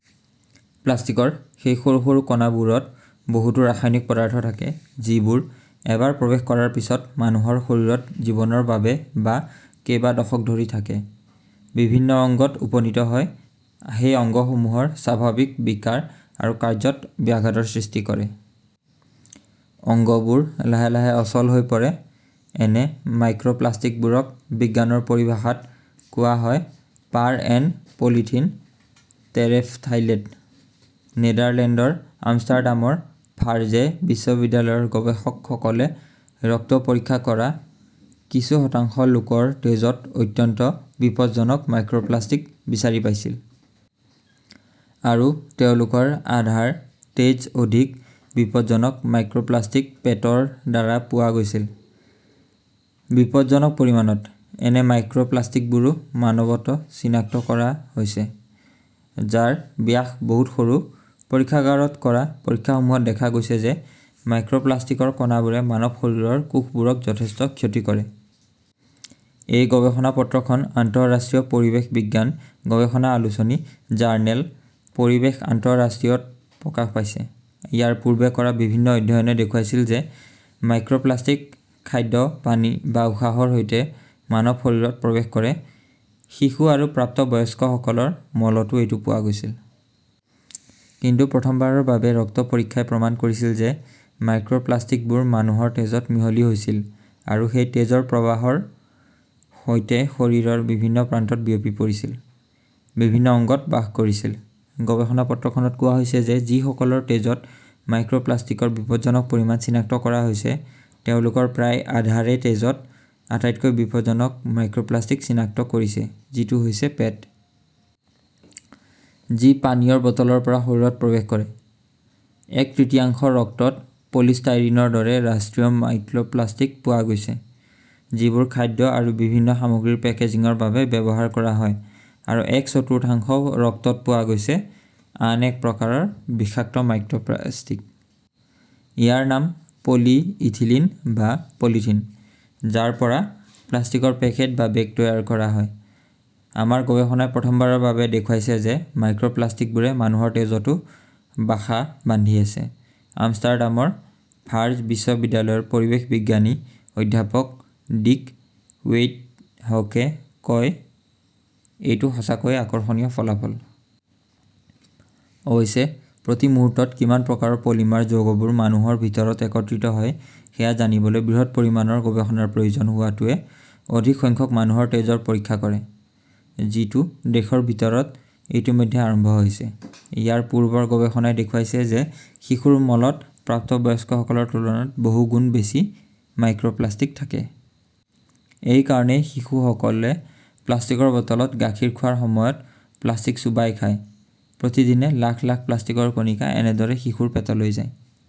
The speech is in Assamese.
প্লাষ্টিকৰ সেই সৰু সৰু কণাবোৰত বহুতো ৰাসায়নিক পদাৰ্থ থাকে যিবোৰ এবাৰ প্ৰৱেশ কৰাৰ পিছত মানুহৰ শৰীৰত জীৱনৰ বাবে বা কেইবা দশক ধৰি থাকে। বিভিন্ন অংগত উপনীত হয়। সেই অংগসমূহৰ স্বাভাৱিক বিকাৰ আৰু কাৰ্য্যত ব্যাঘাতৰ সৃষ্টি কৰে। অংগবোৰ লাহে লাহে অচল হৈ পৰে। এনে মাইক্ৰপ্লাষ্টিকবোৰক বিজ্ঞানৰ পৰিভাষাত কোৱা হয় পাৰ এণ্ড পলিথিলিন টেৰেফথাইলেট। নেদাৰলেণ্ডৰ আমষ্টাৰডামৰ ভাৰ্জে বিশ্ববিদ্যালয়ৰ গৱেষকসকলে ৰক্ত পৰীক্ষা কৰা কিছু শতাংশ লোকৰ তেজত অত্যন্ত বিপজ্জনক মাইক্ৰপ্লাষ্টিক বিচাৰি পাইছিল। আৰু তেওঁলোকৰ আধাৰ তেজ অধিক বিপদজনক মাইক্ৰপ্লাষ্টিক‌ পেটৰ দ্বাৰা পোৱা গৈছিল। বিপদজনক পৰিমাণত। এনে মাইক্ৰপ্লাষ্টিকবোৰো মানৱত চিনাক্ত কৰা হৈছে, যাৰ ব্যাস বহুত সৰু। পৰীক্ষাগাৰত কৰা পৰীক্ষাসমূহত দেখা গৈছে যে মাইক্ৰপ্লাষ্টিকৰ কণাবোৰে মানৱ শৰীৰৰ কোষবোৰক যথেষ্ট ক্ষতি কৰে। এই গৱেষণা পত্ৰখন আন্তঃৰাষ্ট্ৰীয় পৰিৱেশ বিজ্ঞান গৱেষণা আলোচনী জাৰ্নেল পৰিৱেশ আন্তঃৰাষ্ট্ৰীয়ত প্ৰকাশ পাইছে। ইয়াৰ পূৰ্বে কৰা বিভিন্ন অধ্যয়নে দেখুৱাইছিল যে মাইক্ৰপ্লাষ্টিক খাদ্য, পানী বা উশাহৰ সৈতে মানৱ শৰীৰত প্ৰৱেশ কৰে। শিশু আৰু প্ৰাপ্তবয়স্কসকলৰ মলতো এইটো পোৱা গৈছিল। কিন্তু প্ৰথমবাৰৰ বাবে ৰক্ত পৰীক্ষাই প্ৰমাণ কৰিছিল যে মাইক্ৰোপ্লাস্টিকবোৰ মানুহৰ তেজত মিহলি হৈছিল আৰু সেই তেজৰ প্ৰবাহৰ সৈতে শৰীৰৰ বিভিন্ন প্ৰান্তত বিয়পি পৰিছিল, বিভিন্ন অংগত বাস কৰিছিল। গৱেষণা পত্ৰখনত কোৱা হৈছে যে যিসকলৰ তেজত মাইক্ৰপ্লাষ্টিকৰ বিপদজনক পৰিমাণ চিনাক্ত কৰা হৈছে, তেওঁলোকৰ প্ৰায় আধাৰে তেজত আটাইতকৈ বিপদজনক মাইক্ৰপ্লাষ্টিক চিনাক্ত কৰিছে, যিটো হৈছে পেট। যি পানীয়ৰ বটলৰ পৰা শৰীৰত প্ৰৱেশ কৰে। এক তৃতীয়াংশ ৰক্তত পলিষ্টাইৰিনৰ দৰে ৰাষ্ট্ৰীয় মাইক্ৰপ্লাষ্টিক পোৱা গৈছে। যিবোৰ খাদ্য আৰু বিভিন্ন সামগ্ৰীৰ পেকেজিংৰ বাবে ব্যৱহাৰ কৰা হয়। আৰু এক চতুৰ্থাংশ ৰক্তত পোৱা গৈছে আন এক প্ৰকাৰৰ বিষাক্ত মাইক্ৰপ্লাষ্টিক। ইয়াৰ নাম পলিইথিলিন বা‌ পলিথিন। যাৰ পৰা প্লাষ্টিকৰ পেকেট বা বেগ তৈয়াৰ কৰা হয়। আমাৰ গৱেষণাই প্ৰথমবাৰৰ বাবে দেখুৱাইছে যে মাইক্ৰপ্লাষ্টিকবোৰে মানুহৰ তেজতো বাসা বান্ধি আছে, আমষ্টাৰডামৰ ভাৰ্জ বিশ্ববিদ্যালয়ৰ পৰিৱেশ বিজ্ঞানী অধ্যাপক ডিক ৱেটহকে কয়, এইটো সঁচাকৈয়ে আকৰ্ষণীয় ফলাফল। অৱশ্যে, প্ৰতি মুহূৰ্তত কিমান প্ৰকাৰৰ পলিমাৰ যৌগবোৰ মানুহৰ ভিতৰত একত্ৰিত হয় সেয়া জানিবলৈ বৃহৎ পৰিমাণৰ গৱেষণাৰ প্ৰয়োজন হোৱাটোৱে অধিক সংখ্যক মানুহৰ তেজৰ পৰীক্ষা কৰে। যিটো দেশৰ ভিতৰত ইতিমধ্যে আৰম্ভ হৈছে। ইয়াৰ পূৰ্বৰ গৱেষণাই দেখুৱাইছে যে শিশুৰ মলত প্ৰাপ্তবয়স্কসকলৰ তুলনাত বহু গুণ বেছি মাইক্ৰপ্লাষ্টিক থাকে। এই কাৰণেই শিশুসকলে প্লাষ্টিকৰ বটলত গাখীৰ খোৱাৰ সময়ত প্লাষ্টিক চোবাই খায়। প্ৰতিদিনে লাখ লাখ প্লাষ্টিকৰ কণিকা এনেদৰে শিশুৰ পেটলৈ যায়।